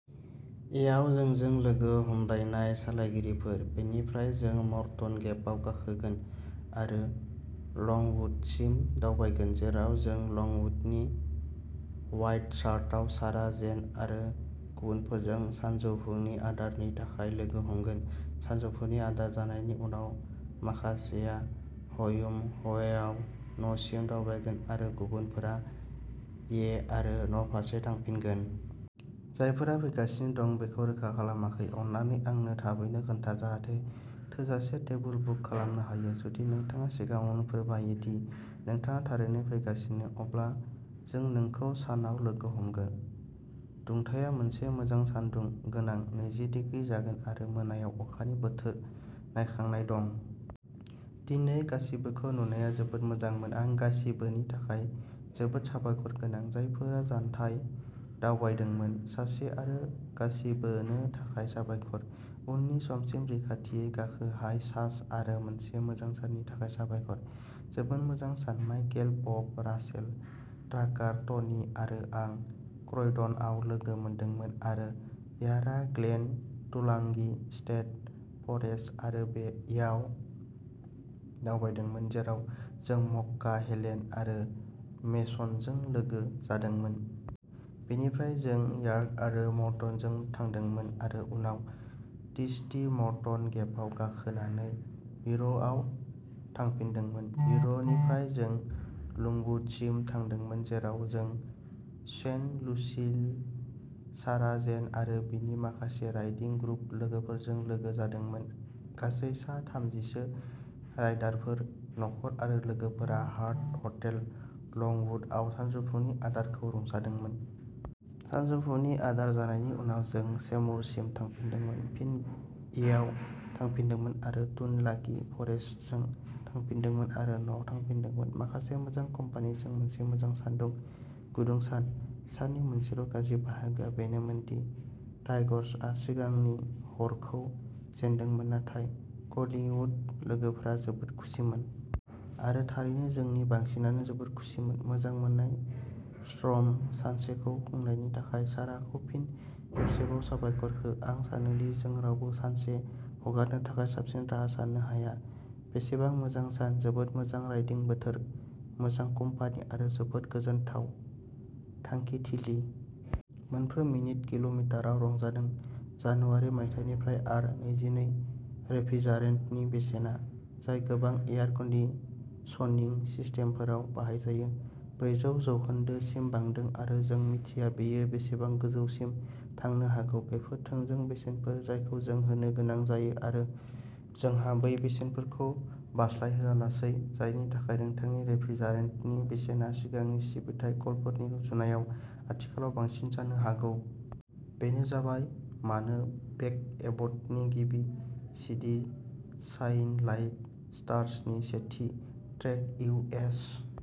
येयाव जोंजों लोगो हमलायनाय सालायगिरिफोर। बेनिफ्राय जों मर्टन गेपआव गाखोगोन आरो लंवुडसिम दावबायगोन जेराव जों लंवुडनि व्हाइट हार्टआव सारा-जेन आरो गुबुनफोरजों सानजौफुनि आदारनि थाखाय लोगो हमगोन। सानजौफुनि आदार जानायनि उनाव माखासेया हयुम ह'वेआव न'सिम दावबायगोन आरो गुबुनफोरा ये आरो न'फारसे थांफिनगोन। जायफोरा फैगासिनो दं बेखौ रोखा खालामाखै, अननानै आंनो थाबैनो खोन्था जाहाथे थोजासे टेबोल बुक खालामनो हायो। जुदि नोंथाङा सिगाङावनो फोरमायो दि नोंथाङा थारैनो फैगासिनो, अब्ला जों नोंखौ सानाव लोगो हमगोन। दुंथाया मोनसे मोजां सान्दुं गोनां नैजि डिग्री जागोन आरो मोनायाव अखानि बोथोर नायखांनाय दं। दिनै गासिबोखौ नुनाया जोबोद मोजांमोन आं गासिबोनि थाखाय जोबोद साबायखरगोनां, जायफोरा जानथाय दावबायदोंमोन। सासे आरो गासिबोनो थाखाय साबायखर। उननि समसिम-रैखाथियै गाखो हाय सास आरो मोनसे मोजां साननि थाखाय साबायखर। जोबोद मोजां सान। माइकेल, बब, रासेल, ट्राकार, टनि आरो आं क्रयडनआव लोगो मोनदोंमोन आरो यारा ग्लेन, टुलांगि स्टेट फरेस्ट आरो येयाव दावबायदोंमोन जेराव जों मक्का, हेलेन आरो मेसनजों लोगो जादोंमोन। बेनिफ्राय जों यार्क आरो मर्टनजों थांदोंमोन, आरो उनाव टिस्टी मर्टन गेपआव गाखोनानै युर'याव थांफिनदोंमोन। युर'निफ्राय जों लंवुडसिम थांदोंमोन जेराव जों शेन, लुसिल, सारा-जेन आरो बिनि माखासे राइडिं ग्रुप लोगोफोरजों लोगो जादोंमोन। गासै सा थामजिसो राइडारफोर, नखर आरो लोगोफोरा हार्ट हटेल लंवुडआव सानजौफुनि आदारखौ रंजादोंमोन। सानजौफुनि आदार जानायनि उनाव जों सेमुरसिम थांफिनदोंमोन, फिन येयाव थांफिनदोंमोन आरो टुनलागि फरेस्टजों थांफिनदोंमोन आरो न'आव थांफिनदोंमोन। माखासे मोजां कम्पानिजों मोनसे मोजां सानदुं गुदुं सान। साननि मोनसेल' गाज्रि बाहागोआ बेनोमोन दि टाइगर्सआ सिगांनि हरखौ जेनदोंमोन, नाथाय कलिंवुड लोगोफोरा जोबोद खुसिमोन। आरो थारैनो जोंनि बांसिनानो जोबोद खुसिमोन। मोजां मोननाय स्टर्म सानसेखौ खुंनायनि थाखाय साराखौ फिन खेबसेबाव साबायखर हो। आं सानो दि जों रावबो सानसे हगारनो थाखाय साबसिन राहा साननो हाया। बेसेबां मोजां सान, जोबोद मोजां राइडिं बोथोर, मोजां कम्पानि आरो जोबोद गोजोनथाव थांखिथिलि। मोनफ्रोम मिनिट किल'मिटाराव रंजादों। जानुवारि मायथाइनिफ्राय आर नैजिनै रेफ्रिजारेन्टनि बेसेना, जाय गोबां एयार कन्दिसनिं सिस्टेमफोराव बाहायजायो, ब्रैजौ जौखोनदो सिम बांदों आरो जों मिथिया बेयो बेसेबां गोजौसिम थांनो हागौ। बेफोर थोंजों बेसेनफोर जायखौ जों होनो गोनां जायो आरो जोंहा बै बेसेनफोरखौ बारस्लायहोआलासै, जायनि थाखाय नोंथांनि रेफ्रिजारेन्टनि बेसेना सिगांनि सिबिथाइ कलफोरनि रुजुनायाव आथिखालाव बांसिन जानो हागौ। बेनो जाबाय मानो बेक एबटनि गिबि सिडि शाइन लाइक स्टार्स नि सेथि ट्रेक इउ एस।